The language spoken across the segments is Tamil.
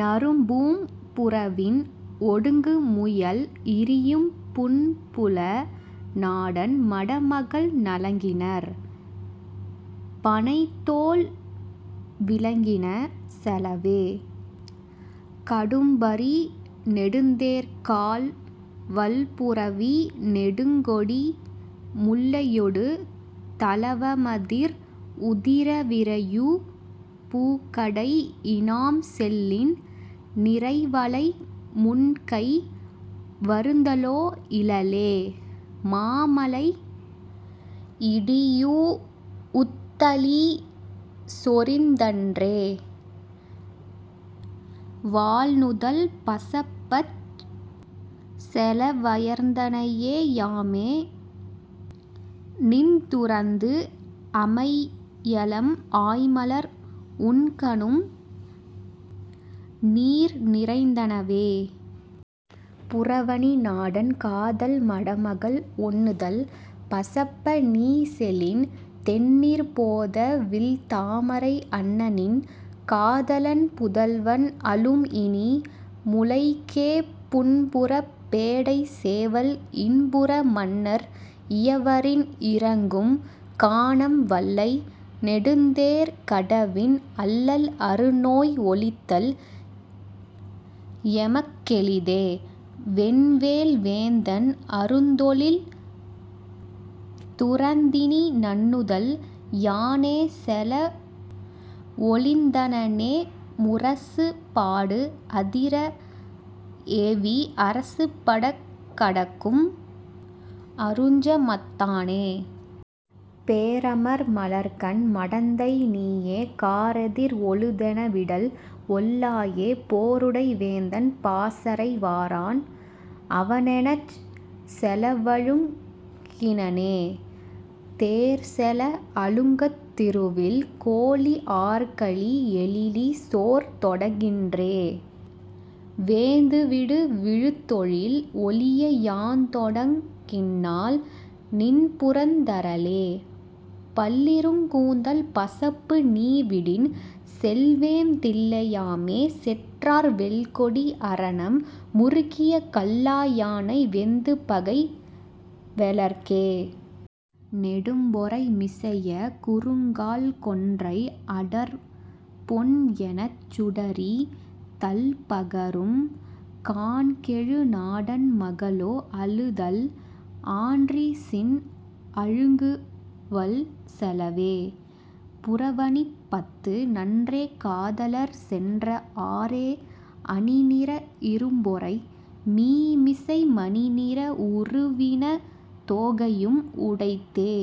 நறும்பூம் புறவின் ஒடுங்குமுயல் இரியும் புன்புல நாடன் மடமகள் நலங்கினர் பணைத்தோள் விலங்கின செலவே. கடும்பரி நெடுந்தேர்க் கால்வல் புரவி நெடுங்கொடி முல்லையொடு தளவமதிர் உதிர விரையுபு கடை இநாம் செல்லின் நிரைவளை முன்கை வருந்தலோ இலளே. மாமலை இடியூஉத் தளீசொரிந் தன்றே வாள்நுதல் பசப்பச் செலவயர்ந் தனையே யாமே நிந்துறந்து அமையலம் ஆய்மலர் உண்கணும் நீர்நிறைந் தனவே. புறவணி நாடன் காதல் மடமகள் ஒண்ணுதல் பசப்ப நீசெலின் தெண்ணீர்ப் போதவிழ் தாமரை அன்னநின் காதலன் புதல்வன் அழும்இனி முலைக்கே புன்புறப் பேடை சேவல் இன்புற மன்னர் இயவரின் இரங்கும் கானம் வல்லை நெடுந்தேர் கடவின் அல்லல் அருநோய் ஒழித்தல் எமக் கெளிதே. வென்வேல் வேந்தன் அருந்தொழில் துறந்தினி நன்னுதல் யானே செலஒழிந் தனனே முரசுபாடு அதிர ஏவி அரசுபடக் கடக்கும் அருஞ்சமத் தானே. பேரமர் மலர்க்கண் மடந்தை நீயே காரெதிர் ஒழுதென விடல்ஒல் லாயே போருடை வேந்தன் பாசறை வாரான் அவனெனச் செலவழுங் கினனே. தேர்செல அழுங்கத் திருவில் கோலி ஆர்கலி எழிலி சோர்தொடங் கின்றே வேந்துவிடு விழுத்தொழில் ஒழிய யாந்தொடங் கின்னால் நின்புரந் தரலே. பல்லிருங் கூந்தல் பசப்பு நீவிடின் செல்வேம் தில்ல யாமே செற்றார் வெல்கொடி அரணம் முருக்கிய கல்லா யானை வெந்துபகை வெலற்கே. நெடும்பொறை மிசைய குறுங்கால் கொன்றை அடர்பொன் என்னச் சுடரிதழ் பகரும் கான்கெழு நாடன் மகளோ அழுதல் ஆன்றிசின் அழுங்குவல் செலவே..புறவணிப் பத்து நன்றே காதலர் சென்ற ஆறே அணிநிற இரும்பொறை மீமிசை மணிநிற உருவின தோகையும் உடைத்தே.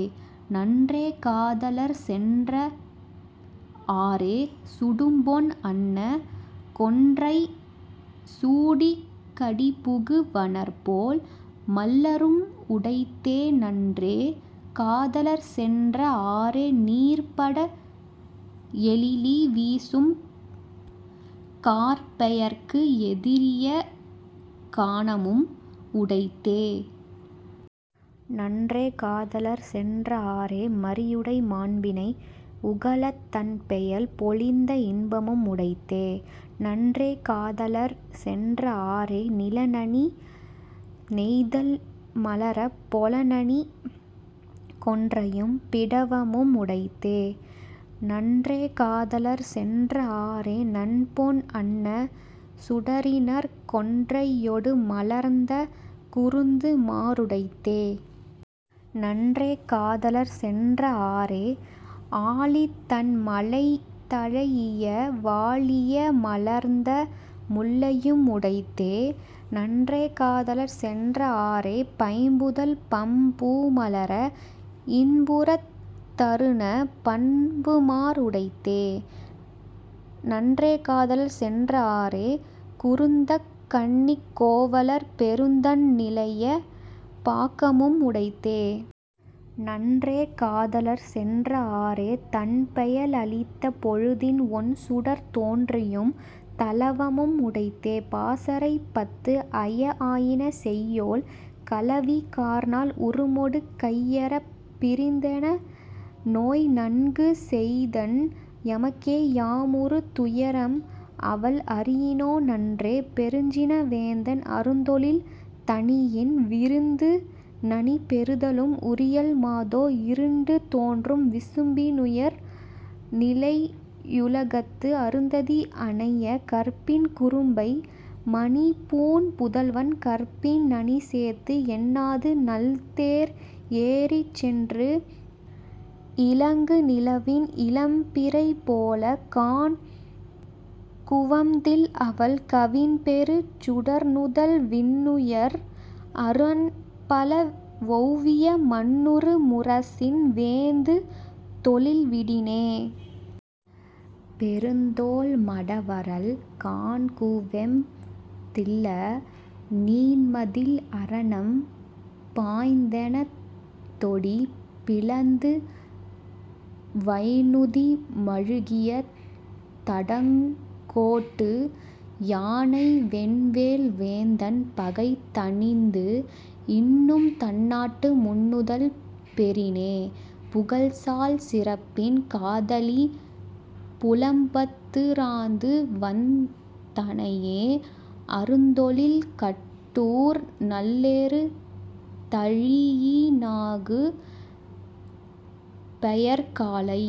நன்றே காதலர் சென்ற ஆறே சுடுபொன் அன்ன கொன்றை சூடிக் கடிபுகு வனர்போல் மள்ளரும் உடைத்தே நன்றே காதலர் சென்ற ஆறே நீர்ப்பட எழிலி வீசும் கார்ப்பெயற்கு எதிரிய கானமும் உடைத்தே. நன்றே காதலர் சென்ற ஆறே மறியுடை மாண்பிணை உகளத் தண்பெயல் பொழிந்த இன்பமும் உடைத்தே. நன்றே காதலர் சென்ற ஆறே நிலன் அணி நெய்தல் மலரப் பொலன்அணி கொன்றையும் பிடவமும் உடைத்தே. நன்றே காதலர் சென்ற ஆறே நன்பொன் அன்ன சுடரிணர்க் கொன்றையொடு மலர்ந்த குருந்துமா ருடைத்தே. நன்றே காதலர் சென்ற ஆறே ஆலித் தண்மழை தலைஇய வாலிய மலர்ந்த முல்லையும் உடைத்தே. நன்றே காதலர் சென்ற ஆறே பைம்புதல் பம்பூ மலர இன்புறத் தருந பண்புமார் உடைத்தே. நன்றே காதலர் சென்ற ஆறே குருந்தக் கண்ணிக் கோவலர் பெருந்தண் நிலைய பாக்கமும் உடைத்தே. நன்றே காதலர் சென்ற ஆறே தன்பெயல் அளித்த பொழுதின் ஒண்சுடர்த் தோன்றியும் தளவமும் உடைத்தே.. பாசறைப் பத்து ஐய ஆயின செய்யோள் களவி கார்நாள் உருமொடு கையறப் பிரிந்தென நோய் நன்கு செய்தன் எமக்கே யாம்உறு துயரம் அவள் அறியினோ நன்றே. பெருஞ்சின வேந்தன் அருந்தொழில் தணியின் விருந்து நனி பெறுதலும் உரியள் மாதோ இருண்டு தோன்றும் விசும்பினுயர் நிலையுலகத்து அருந்ததி அனைய கற்பின் குரும்பை மணிப்பூண் புதல்வன் கற்பின் நனிசேத்து என்னாது நல்தேர் ஏறிச்சென்று இலங்கு நிலவின் இளம்பிறை போலக் காண்குவம் தில்அவள் கவின்பெறு சுடர்நுதல் விண்ணுயர் அரண்பல வெளவிய மண்ணுறு முரசின் வேந்துதொழில் விடினே. பெருந்தோள் மடவரல் காண்குவெம் தில்ல நீண்மதில் அரணம் பாய்ந்தெனத் தொடிபிளந்து வைந்நுதி மழுகிய தடங்கோட்டு யானை வென்வேல் வேந்தன் பகைதணிந்து இன்னும் தன்னாட்டு முன்னுதல் பெறினே. புகழ்சால் சிறப்பின் காதலி புலம்பத் துராந்துவந் தனையே அருந்தொழில் கட்டூர் நல்லேறு தழீஇ நாகுபெயர் காலை